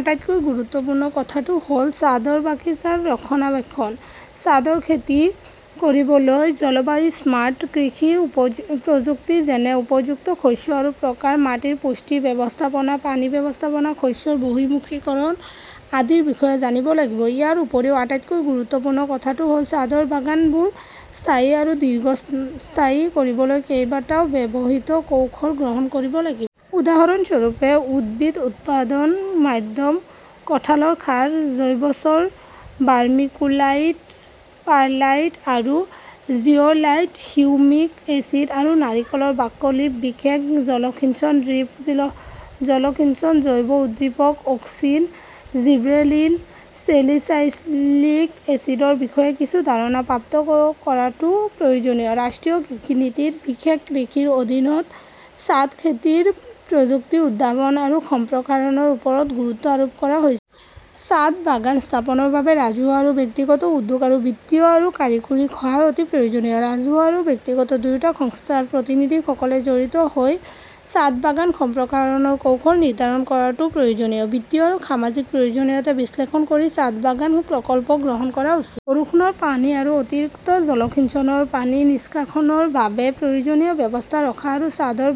আটাইতকৈ গুৰুত্বপূৰ্ণ কথাটো হ'ল, ছাদৰ বাগিচাৰ ৰক্ষণাবেক্ষণ। ছাদৰ খেতি কৰিবলৈ জলবায়ু স্মাৰ্ট কৃষি প্ৰযুক্তি যেনে উপযুক্ত শস্য আৰু প্ৰকাৰ, মাটিৰ পুষ্টি ব্যৱস্থাপনা, পানী ব্যৱস্থাপনা, শস্যৰ বহুমুখীকৰণ আদিৰ বিষয়ে জানিব লাগিব। ইয়াৰ উপৰিও আটাইতকৈ গুৰুত্বপূৰ্ণ কথাটো হ'ল ছাদৰ বাগানবোৰ স্থায়ী আৰু দীৰ্ঘস্থায়ী কৰিবলৈ কেইবাটাও ব্যৱহৃত কৌশল গ্ৰহণ কৰিব লাগিব। উদাহৰণস্বৰূপে উদ্ভিদ উৎপাদন মাধ্যম, কঠালৰ সাৰ, জৈৱচৰ, ভাৰ্মিকোলাইট, পাৰ্লাইট আৰু জিঅ'লাইট, হিউমিক এচিড আৰু নাৰিকলৰ বাকলি, বিশেষ জলসিঞ্চন ড্ৰিপ জলসিঞ্চন, জৈৱ-উদ্দীপক, অক্সিন, জিব্ৰেলিন, চেলিসাইলিক এচিডৰ বিষয়ে কিছু ধাৰণা প্ৰাপ্ত কৰাটো প্ৰয়োজনীয়। ৰাষ্ট্ৰীয় কৃষি নীতিত বিশেষ কৃষিৰ অধীনত ছাদ খেতিৰ প্ৰযুক্তি উদ্ভাৱন আৰু সম্প্ৰসাৰণৰ ওপৰত গুৰুত্ব আৰোপ কৰা হৈছে। ছাদ বাগান স্থাপনৰ বাবে ৰাজহুৱা আৰু ব্যক্তিগত উদ্যোগ আৰু বিত্তীয় আৰু কাৰিকৰী সহায় অতি প্ৰয়োজনীয়। ৰাজহুৱা আৰু ব্যক্তিগত দুয়োটা সংস্থাৰ প্ৰতিনিধিসকলে জড়িত হৈ ছাদবাগান সম্প্ৰসাৰণৰ কৌশল নিৰ্ধাৰণ কৰাটোও প্ৰয়োজনীয়। বিত্তীয় আৰু সামাজিক প্ৰয়োজনীয়তা বিশ্লেষণ কৰি ছাদবাগান প্ৰকল্প গ্ৰহণ কৰা উচিত। বৰষুণৰ পানী আৰু অতিৰিক্ত জলসিঞ্চনৰ পানী নিষ্কাশনৰ বাবে প্ৰয়োজনীয় ব্যৱস্থা ৰখা আৰু ছাদৰ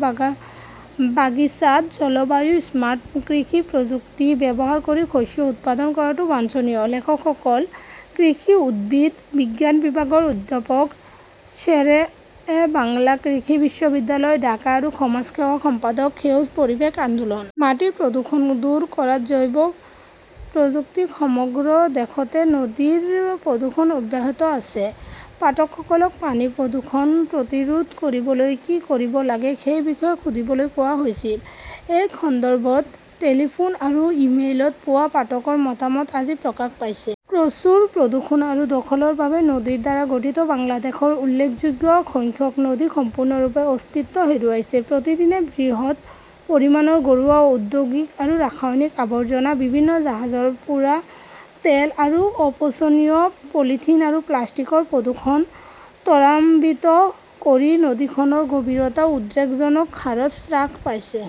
বাগিচাত জলবায়ু স্মাৰ্ট কৃষি প্ৰযুক্তি ব্যৱহাৰ কৰি শস্য উৎপাদন কৰাটো বাঞ্ছনীয়। লেখকসকল কৃষি উদ্ভিদ বিজ্ঞান বিভাগৰ অধ্যাপক, শ্বেৰেবাংলা কৃষি বিশ্ববিদ্যালয়, ঢাকা আৰু সমাজ সেৱা সম্পাদক, সেউজ পৰিৱেশ আন্দোলন। মাটিৰ প্ৰদূষণ দূৰ কৰাত জৈৱ প্ৰযুক্তি সমগ্ৰ দেশতে নদীৰ প্ৰদূষণ অব্যাহত আছে। পাঠকসকলক পানী প্ৰদূষণ প্ৰতিৰোধ কৰিবলৈ কি কৰিব লাগে, সেই বিষয়ে সুধিবলৈ কোৱা হৈছিল। এই সন্দৰ্ভত টেলিফোন আৰু ইমেইলত পোৱা পাঠকৰ মতামত আজি প্ৰকাশ পাইছে। প্ৰচুৰ প্ৰদূষণ আৰু দখলৰ বাবে নদীৰ দ্বাৰা গঠিত বাংলাদেশৰ উল্লেখযোগ্য সংখ্যক নদী সম্পূৰ্ণৰূপে অস্তিত্ব হেৰুৱাইছে। প্ৰতিদিনে বৃহৎ পৰিমাণৰ ঘৰুৱা, ঔদ্যোগিক আৰু ৰাসায়নিক আৱৰ্জনা, বিভিন্ন জাহাজৰ পোৰা তেল আৰু অপচনীয় পলিথিন আৰু প্লাষ্টিকৰ প্ৰদূষণ ত্বৰান্বিত কৰি নদীখনৰ গভীৰতা উদ্বেগজনক হাৰত হ্ৰাস পাইছে।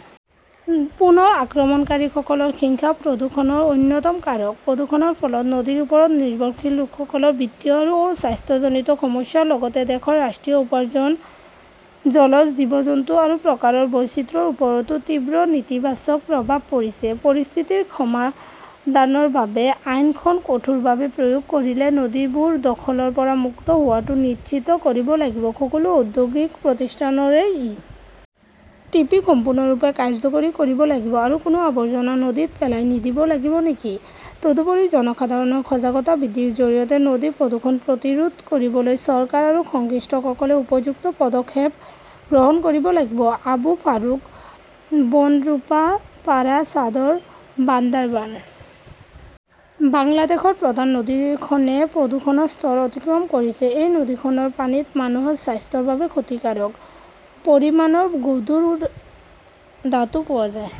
পুনৰ আক্ৰমণকাৰীসকলৰ হিংসা প্ৰদূষণৰ অন্যতম কাৰক। প্ৰদূষণৰ ফলত নদীৰ ওপৰত নিৰ্ভৰশীল লোকসকলৰ বিত্তীয় আৰু স্বাস্থ্যজনিত সমস্যাৰ লগতে দেশৰ ৰাষ্ট্ৰীয় উপাৰ্জন, জলজ জীৱ-জন্তু আৰু প্ৰকাৰৰ বৈচিত্ৰ্যৰ ওপৰতো তীব্ৰ নেতিবাচক প্ৰভাৱ পৰিছে। পৰিস্থিতিৰ সমাধানৰ বাবে আইনখন কঠোৰভাৱে প্ৰয়োগ কৰিলে নদীবোৰ দখলৰ পৰা মুক্ত হোৱাটো নিশ্চিত কৰিব লাগিব, সকলো ঔদ্যোগিক প্ৰতিষ্ঠানৰে ই. টি. পি. সম্পূৰ্ণৰূপে কাৰ্যকৰী কৰিব লাগিব আৰু কোনো আৱৰ্জনা নদীত পেলাই নিদিব লাগিব নেকি? তদুপৰি, জনসাধাৰণৰ সজাগতা বৃদ্ধিৰ জৰিয়তে নদীৰ প্ৰদূষণ প্ৰতিৰোধ কৰিবলৈ চৰকাৰ আৰু সংশ্লিষ্টসকলে উপযুক্ত পদক্ষেপ গ্ৰহণ কৰিব লাগিব। আবু ফাৰুক বনৰুপা পাৰা, ছাদৰ, বান্দাৰবান। বাংলাদেশৰ প্ৰধান নদীখনে প্ৰদূষণৰ স্তৰ অতিক্ৰম কৰিছে। এই নদীখনৰ পানীত মানুহৰ স্বাস্থ্যৰ বাবে ক্ষতিকাৰক পৰিমাণৰ গধুৰ ধাতু পোৱা যায়।